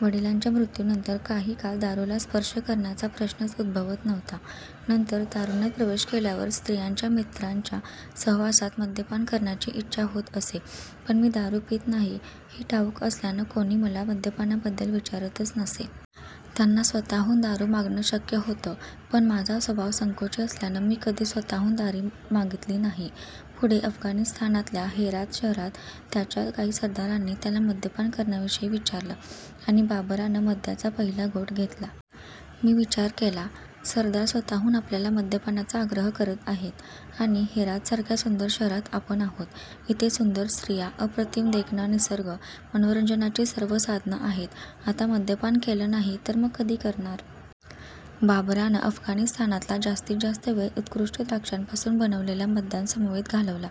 वडिलांच्या मृत्यूनंतर काही काळ दारूला स्पर्श करण्याचा प्रश्नच उद्भवत नव्हता. नंतर तारुण्यात प्रवेश केल्यावर स्त्रियांच्या, मित्रांच्या सहवासात मद्यपान करण्याची इच्छा होत असे. पण मी दारू पीत नाही, हे ठाऊक असल्यानं कोणी मला मद्यपानाबद्दल विचारतच नसे. त्यांना स्वतःहून दारू मागणं शक्य होतं, पण माझा स्वभाव संकोची असल्यानं मी कधी स्वतःहून दारू मागितली नाही. पुढे अफगाणिस्तानातल्या हेरात शहरात त्याच्या काही सरदारांनी त्याला मद्यपान करण्याविषयी विचारलं, आणि बाबरानं मद्याचा पहिला घोट घेतला. मी विचार केला, सरदार स्वतःहून आपल्याला मद्यपानाचा आग्रह करत आहेत, आणि हेरातसारख्या सुंदर शहरात आपण आहोत. इथे सुंदर स्त्रिया, अप्रतिम देखणा निसर्ग, मनोरंजनाची सर्व साधनं आहेत. आता मद्यपान केलं नाही, तर मग कधी करणार? बाबरानं अफगाणिस्तानातला जास्तीत जास्त वेळ उत्कृष्ट द्राक्षांपासून बनवलेल्या मद्यांसमवेत घालवला.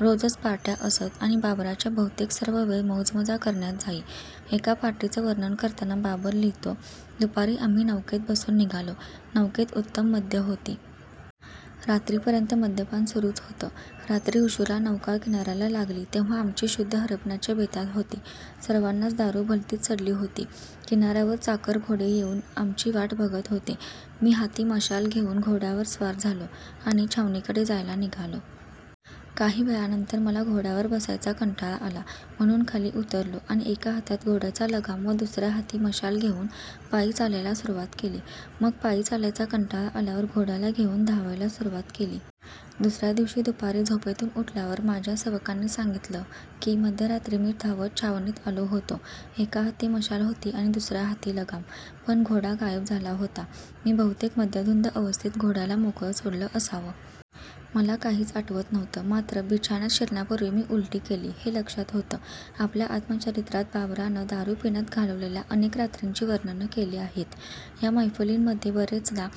रोजच पार्ट्या असत, आणि बाबराच्या बहुतेक सर्व वेळ मौजमजा करण्यात जाई. एका पार्टीचं वर्णन करताना बाबर लिहितो, दुपारी आम्ही नौकेत बसून निघालो. नौकेत उत्तम मद्यं होती. रात्रीपर्यंत मद्यपान सुरूच होतं. रात्री उशिरा नौका किनाऱ्याला लागली तेव्हा आमची शुद्ध हरपण्याच्या बेतात होती. सर्वांनाच दारू भलतीच चढली होती. किनाऱ्यावर चाकर घोडे घेऊन आमची वाट बघत होते. मी हाती मशाल घेऊन घोड्यावर स्वार झालो, आणि छावणीकडे जायला निघालो. काही वेळानंतर मला घोड्यावर बसायचा कंटाळा आला, म्हणून खाली उतरलो आणि एका हातात घोड्याचा लगाम व दुसऱ्या हाती मशाल घेऊन पायी चालायला सुरुवात केली. मग पायी चालायचा कंटाळा आल्यावर घोड्याला घेऊन धावायला सुरुवात केली. दुसऱ्या दिवशी दुपारी झोपेतून उठल्यावर माझ्या सेवकांनी सांगितलं की मध्यरात्री मी धावत छावणीत आलो होतो. एका हाती मशाल होती आणि दुसऱ्या हाती लगाम. पण घोडा गायब झाला होता. मी बहुतेक मद्यधुंद अवस्थेत घोड्याला मोकळं सोडलं असावं. मला काहीच आठवत नव्हतं. मात्र बिछान्यात शिरण्यापूर्वी मी उलटी केली, हे लक्षात होतं. आपल्या आत्मचरित्रात बाबरानं दारू पिण्यात घालवलेल्या अनेक रात्रींची वर्णनं केली आहेत. या मैफिलींमध्ये बरेचदा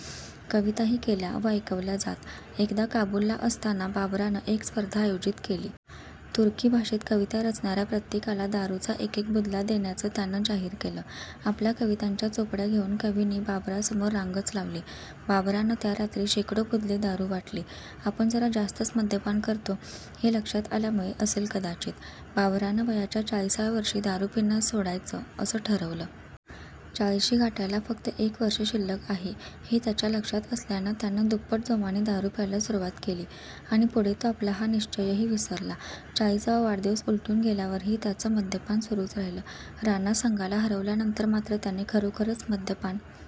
कविताही केल्या व ऐकवल्या जात. एकदा काबुलला असताना बाबरानं एक स्पर्धा आयोजित केली. तुर्की भाषेत कविता रचणाऱ्या प्रत्येकाला दारूचा एकेक बुधला देण्याचं त्यानं जाहीर केलं. आपल्या कवितांच्या चोपड्या घेऊन कवींनी बाबरासमोर रांगच लावली. बाबरानं त्या रात्री शेकडो बुधले दारू वाटली. आपण जरा जास्तच मद्यपान करतो, हे लक्षात आल्यामुळे असेल कदाचित, बाबरानं वयाच्या चाळिसाव्या वर्षी दारू पिणं सोडायचं, असं ठरवलं. चाळिशी गाठायला फक्त एक वर्ष शिल्लक आहे, हे त्याच्या लक्षात असल्यानं त्यानं दुप्पट जोमाने दारू प्यायला सुरुवात केली, आणि पुढे तो आपला हा निश्चयही विसरला. चाळिसावा वाढदिवस उलटून गेल्यावरही त्याचं मद्यपान सुरूच राहिलं. राणा संगाला हरवल्यानंतर मात्र त्याने खरोखरंच मद्यपान